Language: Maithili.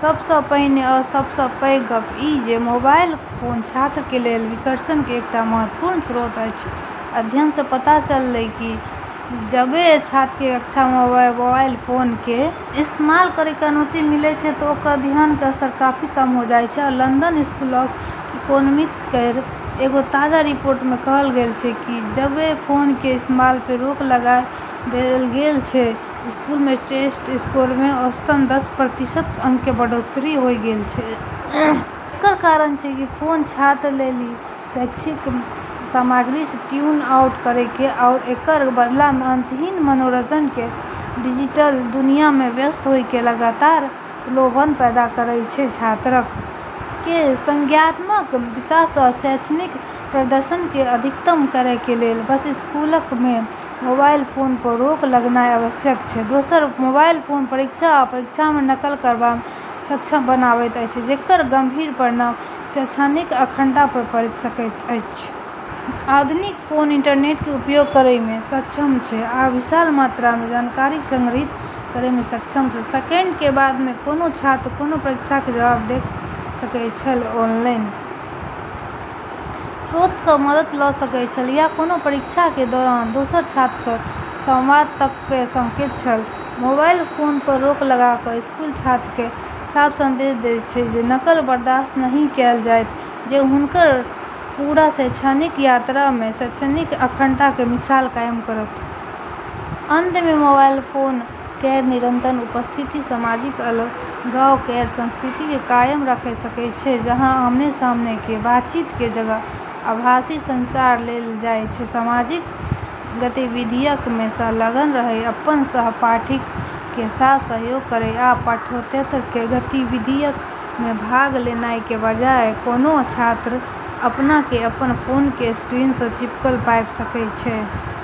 सबस पहिने आ सबस पैघ गप इ जे मोबाइल फोन छात्र क लेल विकर्षण क एकटा महत्वपूर्ण स्रोत अछि। अध्ययन से पता चललै छै कि जबे छात्रऽ के कक्षा मे मोबाइल फोन के इस्तेमाल करै के अनुमति मिलै छै ते ओकरऽ ध्यान के स्तर काफी कम होय जाय छै, लंदन स्कूल ऑफ इकोनॉमिक्स केरऽ एगो ताजा रिपोर्ट मे कहलऽ गेलऽ छै कि जबे फोन के इस्तेमाल पे रोक लगाय देलऽ गेलऽ छेलै ते स्कूलऽ मे टेस्ट स्कोर मे औसतन दस प्रतिशत अंक के बढ़ोत्तरी होय गेलऽ छै। एकरऽ कारण छै कि फोन छात्रऽ लेली शैक्षिक सामग्री से ट्यून आउट करै के आरू एकरऽ बदला मे अंतहीन मनोरंजन के डिजिटल दुनिया मे व्यस्त होय के लगातार प्रलोभन पैदा करै छै। छात्रक कें संज्ञानात्मक विकास आ शैक्षणिक प्रदर्शन कें अधिकतम करय कें लेल बस स्कूलक मे मोबाइल फोन पर रोक लगानाय आवश्यक छै, दोसर मोबाइल फोन परीक्षा आ परीक्षा मे नकल करबा मे सक्षम बनाबैत अछि जेकर गंभीर परिणाम शैक्षणिक अखंडता पर पड़ि सकैत अछि। आधुनिक फोन इंटरनेट कें उपयोग करय मे सक्षम छै आ विशाल मात्रा मे जानकारी संग्रहीत करय मे सक्षम छै, सेकेंड के बात में कोनो छात्र कोनो परीक्षा के जवाब देख सकैत छल, ऑनलाइन स्रोत सं मदद ल सकैत छल या कोनो परीक्षा के दौरान दोसर छात्र सं संवाद तक क सकैत छल, मोबाइल फोन पर रोक लगा क स्कूल छात्र कए साफ संदेश देत जे नकल बर्दाश्त नहि कैल जाएत जे हुनकर पूरा शैक्षणिक यात्रा मे शैक्षणिक अखंडता क मिसाल कायम करत। अंत में मोबाइल फोन केरऽ निरंतर उपस्थिति सामाजिक अलगाव केरऽ संस्कृति के कायम रखे सकै छै, जहां आमने-सामने के बातचीत के जगह आभासी संचार ले लेलऽ जाय छै। सामाजिक गतिविधियक मे संलग्न रहय अपन सहपाठीक कें साथ सहयोग करय या पाठ्येतर गतिविधियक मे भाग लेनाय कें बजाय, कोनों छात्र अपना कें अपन फोन कें स्क्रीन सं चिपकल पाबि सकय छै।